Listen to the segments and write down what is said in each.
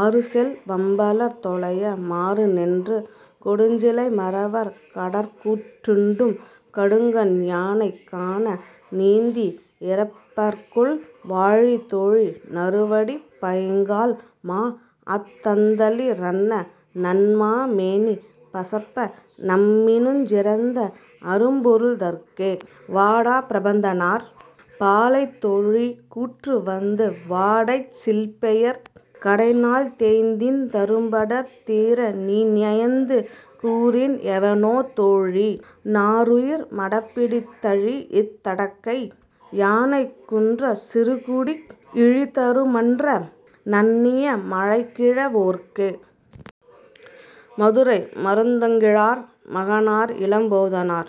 ஆறுசெல் வம்பலர் தொலைய மாறுநின்று கொடுஞ்சிலை மறவர் கடறுகூட் டுண்ணும் கடுங்கண் யானைக் கான நீந்தி இரப்பர்கொல் வாழி தோழி நறுவடிப் பைங்கால் மாஅத் தந்தளி ரன்ன நன்மா மேனி பசப்ப நம்மினுஞ் சிறந்த அரும்பொருள் தரற்கே. -வாடாப் பிரபந்தனார்.. பாலை தோழி கூற்று வந்த வாடைச் சில்பெயற் கடைநாள் நோய்நீந் தரும்படர் தீரநீ நயந்து கூறின் எவனோ தோழி நாறுயிர் மடப்பிடி தழீஇத் தடக்கை யானை குன்றச் சிறுகுடி யிழிதரு மன்ற நண்ணிய மலைகிழ வோற்கே. -மதுரை மருதங்கிழார் மகனார் இளம்போத்தனார்..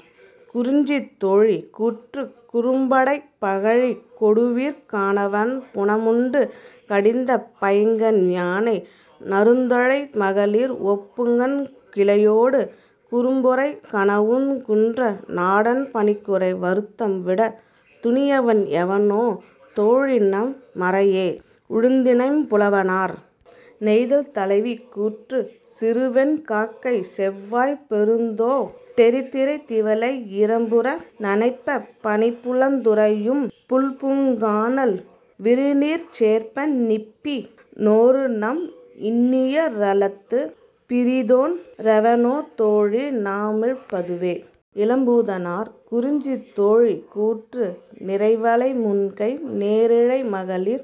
குறிஞ்சி தோழி கூற்று குறும்படைப் பகழிக் கொடுவிற் கானவன் புனமுண்டு கடிந்த பைங்கண் யானை நறுந்தழை மகளிர் ஓப்புங் கிள்ளையொடு குறும்பொறைக் கணவுங் குன்ற நாடன் பணிக்குறை வருத்தம் வீடத் துணியின் எவனோ தோழிநம் மறையே. -உழுந்தினைம்புலவனார்.. நெய்தல் தலைவி கூற்று சிறுவெண் காக்கைச் செவ்வாய்ப் பெருந்தோ டெறிதிரைத் திவலை யீர்ம்புற நனைப்பப் பனிபுலந் துறையும் பல்பூங் கானல் விரிநீர்ச் சேர்ப்பன் நீப்பி னொருநம் இன்னுயி ரல்லது பிறிதொன் றெவனோ தோழி நாமிழப் பதுவே. -இளம்பூதனார்.. குறிஞ்சி தோழி கூற்று நிரைவளை முன்கை நேரிழை மகளிர்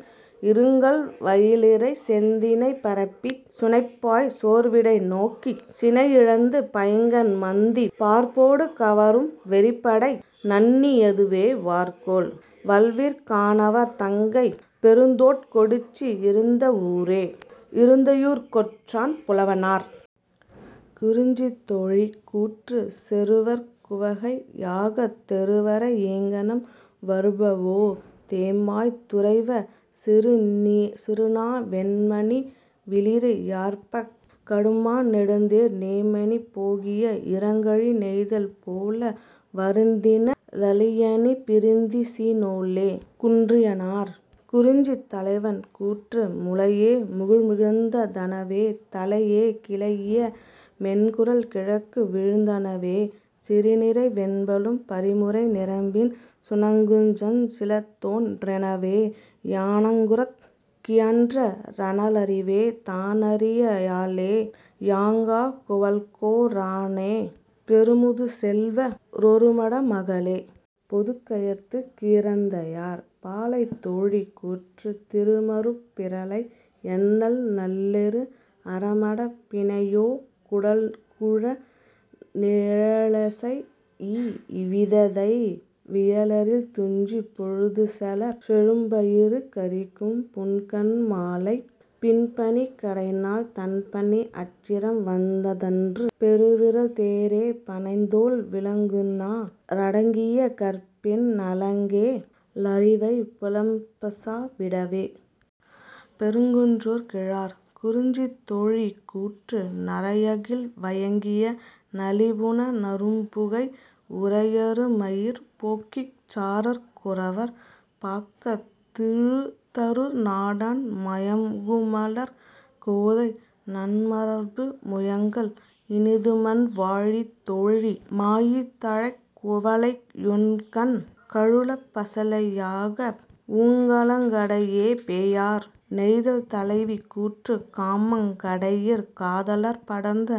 இருங்கல் வியலறைச் செந்தினை பரப்பிச் சுனைபாய் சோர்விடை நோக்கிச் சினையிழிந்து பைங்கண் மந்தி பார்ப்போடு கவரும் வெற்பிடை நண்ணி யதுவே வார்கோல் வல்விற் கானவர் தங்கைப் பெருந்தோட் கொடிச்சி யிருந்த வூரே. -இருந்தையூர்க் கொற்றன் புலவனார்.. குறிஞ்சி தோழி கூற்று செறுவர்க் குவகை யாகத் தெறுவர ஈங்கனம் வருபவோ தேம்பாய் துறைவ சிறுநா வொண்மணி விளரி யார்ப்பக் கடுமா நெடுந்தேர் நேமி போகிய இருங்கழி நெய்தல் போல வருந்தின ளளியணீ பிரிந்திசி னோளே. -குன்றியனார்.. குறிஞ்சி தலைவன் கூற்று முலையே முகிழ்முகிழ்த் தனவே தலையே கிளைஇய மென்குரல் கிழக்கு வீழ்ந் தனவே செறிநிரை வெண்பலும் பறிமுறை நிரம்பின சுணங்குஞ் சிலதோன் றினவே யணங்குதற் கியான்ற னறிவலே தானறி யலளே யாங்கா குவள்கொ றானே பெருமுது செல்வ ரொருமட மகளே. -பொதுக்கயத்துக் கீரந்தையார்.. பாலை தோழி கூற்று திரிமருப் பிரலை யண்ணல் நல்லேறு அரிமடப் பிணையோ டல்குநிழ லசைஇ வீததை வியலரில் துஞ்சிப் பொழுதுசெலச் செழும்பயறு கறிக்கும் புன்கண் மாலைப் பின்பனிக் கடைநாள் தண்பனி அச்சிரம் வந்தன்று பெருவிறல் தேரே பணைத்தோள் விளங்குநக ரடங்கிய கற்பின் நலங்கே ழரிவை புலம்பசா விடவே. -பெருங்குன்றூர்கிழார்.. குறிஞ்சி தோழி கூற்று நறையகில் வயங்கிய நளிபுன நறும்புகை உறையறு மையிற் போகிச் சாரற் குறவர் பாக்கத் திழிதரு நாடன் மயங்குமலர்க் கோதை நன்மார்பு முயங்கல் இனிதுமன் வாழி தோழி மாயிதழ்க் குவளை யுண்கண் கலுழப் பசலை யாகா வூங்கலங் கடையே. -பேயார்.. நெய்தல் தலைவி கூற்று காமங் கடையிற் காதலர்ப் படர்ந்து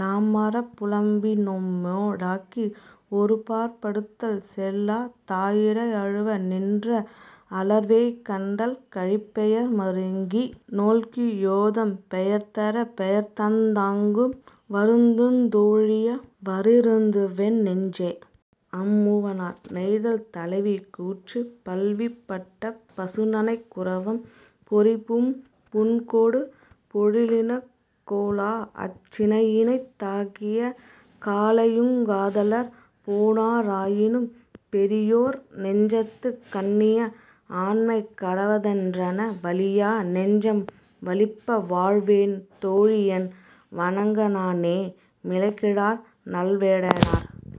நாமவர்ப் புலம்பி னம்மோ டாகி ஒருபாற் படுதல் செல்லா தாயிடை அழுவ நின்ற அலர்வேய் கண்டல் கழிபெயர் மருங்கி னொல்கி யோதம் பெயர்தரப் பெயர்தந் தாங்கு வருந்துந் தோழியவ ரிருந்தவென் நெஞ்சே. -அம்மூவனார்.. நெய்தல் தலைவி கூற்று பல்வீ பட்ட பசுநனைக் குரவம் பொரிப்பூம் புன்கொடு பொழிலணிக் கொளாஅச் சினையினி தாகிய காலையுங் காதலர் பேணா ராயினும் பெரியோர் நெஞ்சத்துக் கண்ணிய ஆண்மை கடவ தன்றென வலியா நெஞ்சம் வலிப்ப வாழ்வேன் தோழியென் வன்க ணானே. -மிளைகிழார் நல்வேட்டனார்..